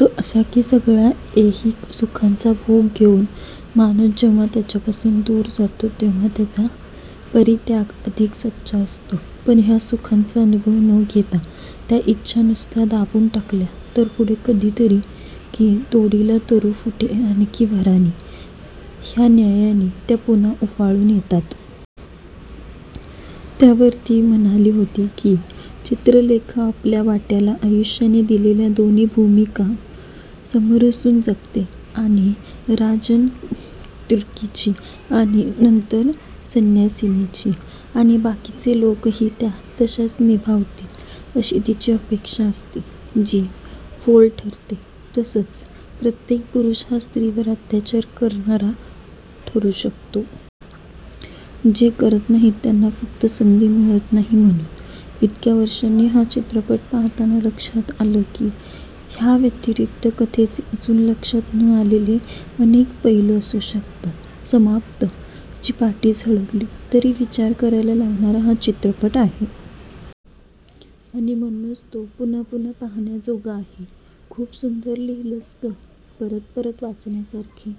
तो असा की सगळ्या ऐहिक सुखांचा भोग घेऊन माणूस जेव्हा त्यांच्यापासून दूर जातो तेव्हा त्याचा परित्याग अधिक सच्चा असतो. पण ह्या सुखांचा अनुभव न घेता त्या इच्छा नुसत्या दाबून टाकल्या तर पुढे कधीतरी 'की तोडीला तरु फुटे आणखी भराने' ह्या न्यायाने त्या पुन्हा उफाळून येतात. त्यावर ती म्हणाली होती की चित्रलेखा आपल्या वाट्याला आयुष्याने दिलेल्या दोन्ही भूमिका समरसून जगते आधी राजनर्तकीची आणि नंतर संन्यासिनीची. आणि बाकीचे लोकही त्या तश्याच निभावतील अशी तिची अपेक्षा असते जी फोल ठरते. तसंच प्रत्येक पुरुष हा स्त्रीवर अत्याचार करणारा ठरू शकतो. जे करत नाहीत त्यांना फक्त संधी मिळत नाही म्हणून. इतक्या वर्षांनी हा चित्रपट पाहताना लक्षात आलं की ह्याव्यतिरिक्त कथेचे अजून लक्षात न आलेले अनेक पैलू असू शकतात. 'समाप्त' ची पाटी झळकली तरी विचार करायला लावणारा हा चित्रपट आहे. आणि म्हणूनच तो पुन्हापुन्हा पाहण्याजोगा आहे. खूप सुंदर लिहिलंस गं.. परत परत वाचण्यासारखे.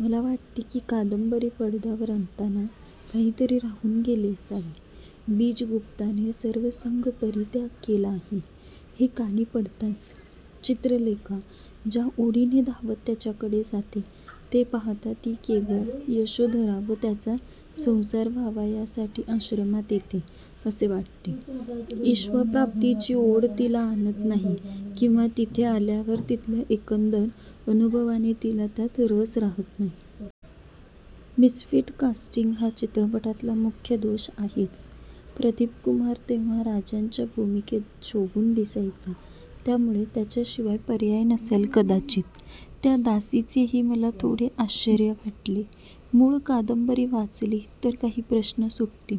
मला वाटते की कादंबरी पडद्यावर आणताना काहीतरी राहून गेले असावे. बीजगुप्ताने सर्वसंगपरित्याग केला हे कानी पडताच चित्रलेखा ज्या ओढीने धावत त्याच्याकडे जाते ते पाहता ती केवळ यशोधरा व त्याचा संसार व्हावा यासाठी आश्रमात येते असे वाटते, ईश्प्राप्तीची ओढ तिला आणत नाही किंवा तिथे आल्यावर तिथल्या एकंदर अनुभवाने तिला त्यात रस राहत नाही.. मिसफीट कास्टिंग हा चित्रपटातला मुख्य दोष आहेच. प्रदीपकुमार तेव्हा राजांच्या भूमिकेत शोभून दिसायचा, त्यामुळे त्याच्याशिवाय पर्याय नसेल कदाचित. त्या दासीचेही मला थोडे आश्चर्य वाटले. मूळ कादंबरी वाचली तर काही प्रश्न सुटतील.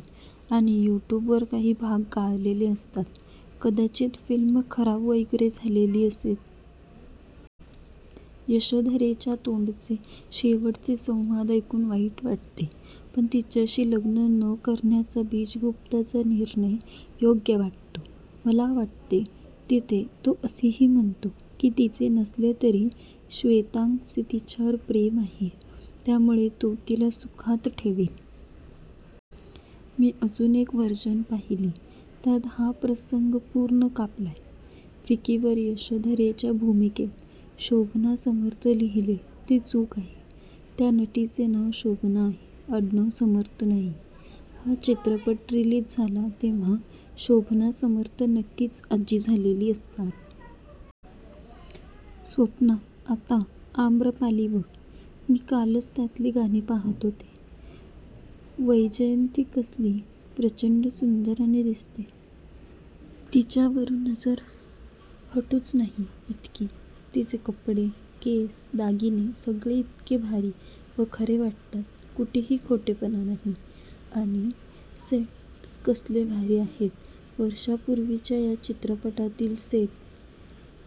आणि युट्युबवर काही भाग गाळलेले असतात, कदाचित फिल्म खराब वगैरे झालेली असते. यशोधरेच्या तोंडचे शेवटचे संवाद ऐकून वाईट वाटते. पण तिच्याशी लग्न न करण्याचा बीजगुप्ताचा निर्णय योग्य वाटतो. मला वाटते तिथे तो असेही म्हणतो की तिचे नसले तरी श्वेतांगचे तिच्यावर प्रेम आहे, त्यामुळे तो तिला सुखात ठेवेल. मी अजून एक व्हर्जन पाहीली त्यात हा प्रसंग पूर्ण कापलाय. विकीवर यशोधरेच्या भूमिकेत शोभना समर्थ लिहिलेय ते चूक आहे. त्या नटीचे नाव शोभना आहे, आडनाव समर्थ नाही. हा चित्रपट रिलीज झाला तेव्हा शोभना समर्थ नक्कीच आजी झालेली असणार. स्वप्ना, आता आम्रपाली बघ. मी कालच त्यातली गाणी पाहत होते. वैजयंती कसली प्र चं ड सुंदर आणि दिसते, तिच्यावरून नजर हटुच नाही इतकी. तिचे कपडे, केस, दागिने सगळे इतके भारी व खरे वाटतात, कुठेही खोटेपणा नाही. आणि सेट्स कसले भारी आहेत वर्षांपूर्वीच्या या चित्रपटातील सेट्स